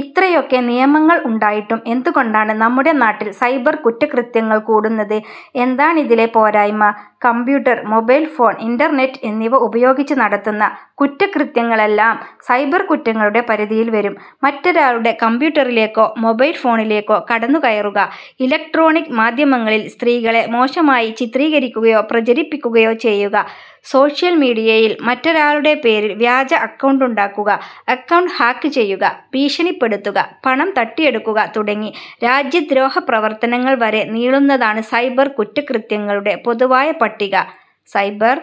ഇത്രയൊക്കെ നിയമങ്ങൾ ഉണ്ടായിട്ടും എന്തുകൊണ്ടാണ് നമ്മുടെ നാട്ടിൽ സൈബർ കുറ്റകൃത്യങ്ങൾ കൂടുന്നത്. എന്താണിതിലെ പോരായ്മ. കമ്പ്യൂട്ടർ, മൊബൈൽ ഫോൺ, ഇന്റർനെറ്റ് എന്നിവ ഉപയോഗിച്ച് നടത്തുന്ന കുറ്റകൃത്യങ്ങളെല്ലാം സൈബർ കുറ്റങ്ങളുടെ പരിധിയിൽ വരും. മറ്റൊരാളുടെ കമ്പ്യൂട്ടറിലേക്കോ മൊബൈൽ ഫോണിലേക്കോ കടന്നുകയറുക, ഇലക്ട്രോണിക് മാധ്യമങ്ങളിൽ സ്ത്രീകളെ മോശമായി ചിത്രീകരിക്കുകയോ പ്രചരിപ്പിക്കുകയോ ചെയ്യുക, സോഷ്യൽ മീഡിയയിൽ മറ്റൊരാളുടെ പേരിൽ വ്യാജ അക്കൗണ്ടുണ്ടാക്കുക, അക്കൗണ്ട് ഹാക്ക് ചെയ്യുക, ഭീഷണിപ്പെടുത്തുക, പണം തട്ടിയെടുക്കുക തുടങ്ങി രാജ്യദ്രോഹ പ്രവർത്തനങ്ങൾ വരെ നീളുന്നതാണ് സൈബർ കുറ്റകൃത്യങ്ങളുടെ പൊതുവായ പട്ടിക. സൈബർ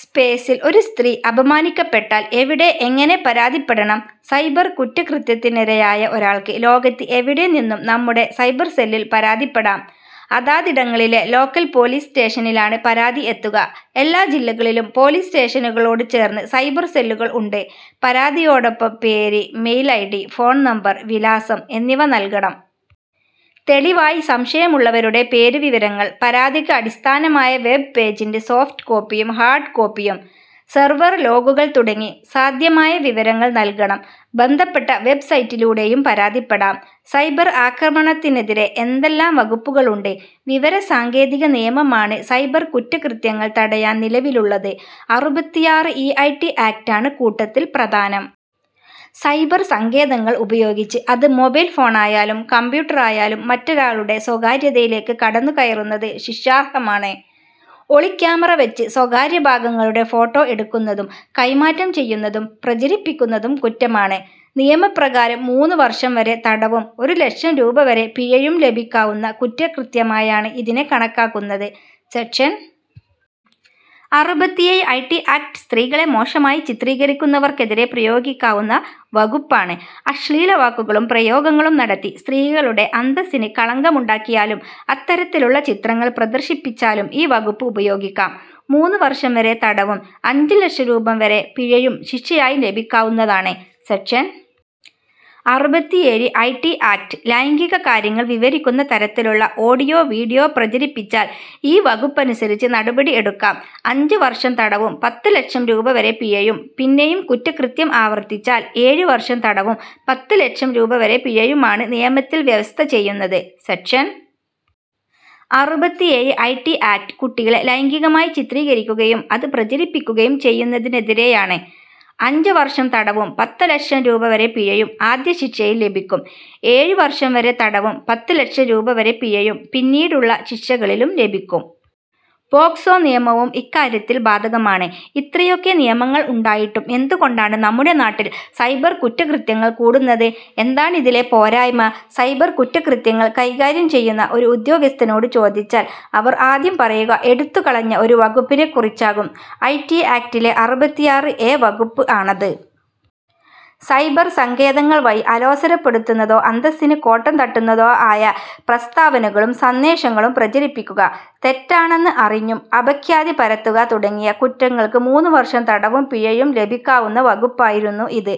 സ്പേസിൽ ഒരു സ്ത്രീ അപമാനിക്കപ്പെട്ടാൽ എവിടെ എങ്ങനെ പരാതിപ്പെടണം. സൈബർ കുറ്റകൃത്യത്തിനിരയായ ഒരാൾക്ക് ലോകത്ത് എവിടെനിന്നും നമ്മുടെ സൈബർ സെല്ലിൽ പരാതിപ്പെടാം. അതാതിടങ്ങളിലെ ലോക്കൽ പൊലീസ് സ്റ്റേഷനിലാണ് പരാതി എത്തുക. എല്ലാ ജില്ലകളിലും പൊലീസ് സ്റ്റേഷനുകളോട് ചേർന്ന് സൈബർ സെല്ലുകൾ ഉണ്ട്. പരാതിയോടൊപ്പം പേര്, മെയിൽ ഐഡി, ഫോൺ നമ്പർ, വിലാസം എന്നിവ നൽകണം. തെളിവായി സംശയമുള്ളവരുടെ പേരുവിവരങ്ങൾ, പരാതിക്ക് അടിസ്ഥാനമായ വെബ് പേജിന്റെ സോഫ്റ്റ് കോപ്പിയും ഹാർഡ് കോപ്പിയും, സെർവർ ലോഗുകൾ തുടങ്ങി സാധ്യമായ വിവരങ്ങൾ നൽകണം. ബന്ധപ്പെട്ട വെബ്സൈറ്റിലൂടെയും പരാതിപ്പെടാം. സൈബർ ആക്രമണത്തിനെതിരെ എന്തെല്ലാം വകുപ്പുകളുണ്ട്. വിവര സാങ്കേതിക നിയമമാണ് സൈബർ കുറ്റകൃത്യങ്ങൾ തടയാൻ നിലവിലുള്ളത്. അറുപത്തിയാറ് ഇ ഐ ടി ആക്ടാണ് കൂട്ടത്തിൽ പ്രധാനം. സൈബർ സങ്കേതങ്ങൾ ഉപയോഗിച്ച് അത് മൊബൈൽ ഫോണായാലും കമ്പ്യൂട്ടറായാലും മറ്റൊരാളുടെ സ്വകാര്യതയിലേക്ക് കടന്നുകയറുന്നത് ശിക്ഷാർഹമാണ്. ഒളിക്യാമറ വച്ച് സ്വകാര്യ ഭാഗങ്ങളുടെ ഫോട്ടോ എടുക്കുന്നതും കൈമാറ്റം ചെയ്യുന്നതും പ്രചരിപ്പിക്കുന്നതും കുറ്റമാണ്. നിയമപ്രകാരം മൂന്ന് വർഷം വരെ തടവും ഒരു ലക്ഷം രൂപ വരെ പിഴയും ലഭിക്കാവുന്ന കുറ്റകൃത്യമായാണ് ഇതിനെ കണക്കാക്കുന്നത്. സെക്ഷൻ അറുപത്തിയേഴ് ഐ ടി ആക്ട് സ്ത്രീകളെ മോശമായി ചിത്രീകരിക്കുന്നവർക്കെതിരെ പ്രയോഗിക്കാവുന്ന വകുപ്പാണ്. അശ്ലീല വാക്കുകളും പ്രയോഗങ്ങളും നടത്തി സ്ത്രീകളുടെ അന്തസിന് കളങ്കമുണ്ടാക്കിയാലും അത്തരത്തിലുള്ള ചിത്രങ്ങൾ പ്രദർശിപ്പിച്ചാലും ഈ വകുപ്പ് ഉപയോഗിക്കാം. മൂന്ന് വർഷം വരെ തടവും അഞ്ച് ലക്ഷം രൂപ വരെ പിഴയും ശിക്ഷയായി ലഭിക്കാവുന്നതാണ്. സെക്ഷൻ അറുപത്തിയേഴ് ഐ ടി ആക്ട് ലൈംഗിക കാര്യങ്ങൾ വിവരിക്കുന്ന തരത്തിലുള്ള ഓഡിയോ വീഡിയോ പ്രചരിപ്പിച്ചാൽ ഈ വകുപ്പനുസരിച്ച് നടപടി എടുക്കാം. അഞ്ച് വർഷം തടവും പത്ത് ലക്ഷം രൂപ വരെ പിഴയും പിന്നെയും കുറ്റകൃത്യം ആവർത്തിച്ചാൽ ഏഴ് വർഷം തടവും പത്ത് ലക്ഷം രൂപ വരെ പിഴയുമാണ് നിയമത്തിൽ വ്യവസ്ഥ ചെയ്യുന്നത്. സെക്ഷൻ അറുപത്തിയേഴ് ഐ ടി ആക്ട് കുട്ടികളെ ലൈംഗികമായി ചിത്രീകരിക്കുകയും അത് പ്രചരിപ്പിക്കുകയും ചെയ്യുന്നതിനെതിരെയാണ്. അഞ്ച് വർഷം തടവും പത്ത് ലക്ഷം രൂപ വരെ പിഴയും ആദ്യ ശിക്ഷയിൽ ലഭിക്കും. ഏഴ് വർഷം വരെ തടവും പത്ത് ലക്ഷം രൂപ വരെ പിഴയും പിന്നീടുള്ള ശിക്ഷകളിലും ലഭിക്കും. പോക്സോ നിയമവും ഇക്കാര്യത്തിൽ ബാധകമാണ്. ഇത്രയൊക്കെ നിയമങ്ങൾ ഉണ്ടായിട്ടും എന്തുകൊണ്ടാണ് നമ്മുടെ നാട്ടിൽ സൈബർ കുറ്റകൃത്യങ്ങൾ കൂടുന്നത്. എന്താണിതിലെ പോരായ്മ. സൈബർ കുറ്റകൃത്യങ്ങൾ കൈകാര്യം ചെയ്യുന്ന ഒരു ഉദ്യോഗസ്ഥനോട് ചോദിച്ചാൽ അവർ ആദ്യം പറയുക എടുത്തുകളഞ്ഞ ഒരു വകുപ്പിനെക്കുറിച്ചാകും. ഐ ടി ആക്ടിലെ അറുപത്തിയാറ് എ വകുപ്പ് ആണത്. സൈബർ സങ്കേതങ്ങൾ വഴി അലോസരപ്പെടുത്തുന്നതോ അന്തസ്സിന് കോട്ടം തട്ടുന്നതോ ആയ പ്രസ്താവനകളും സന്ദേശങ്ങളും പ്രചരിപ്പിക്കുക, തെറ്റാണെന്ന് അറിഞ്ഞും അപഖ്യാതി പരത്തുക തുടങ്ങിയ കുറ്റങ്ങൾക്ക് മൂന്ന് വർഷം തടവും പിഴയും ലഭിക്കാവുന്ന വകുപ്പായിരുന്നു ഇത്.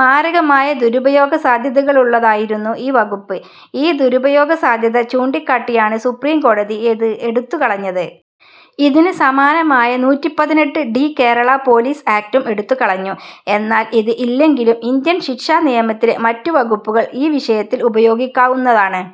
മാരകമായ ദുരുപയോഗ സാധ്യതകളുള്ളതായിരുന്നു ഈ വകുപ്പ്. ഈ ദുരുപയോഗ സാധ്യത ചൂണ്ടിക്കാട്ടിയാണ് സുപ്രീംകോടതി ഇത് എടുത്തുകളഞ്ഞത്. ഇതിന് സമാനമായ നൂറ്റിപ്പതിനെട്ട് ഡി കേരള പൊലീസ് ആക്ടും എടുത്തുകളഞ്ഞു. എന്നാൽ ഇത് ഇല്ലെങ്കിലും ഇന്ത്യൻ ശിക്ഷാ നിയമത്തിലെ മറ്റ് വകുപ്പുകൾ ഈ വിഷയത്തിൽ ഉപയോഗിക്കാവുന്നതാണ്.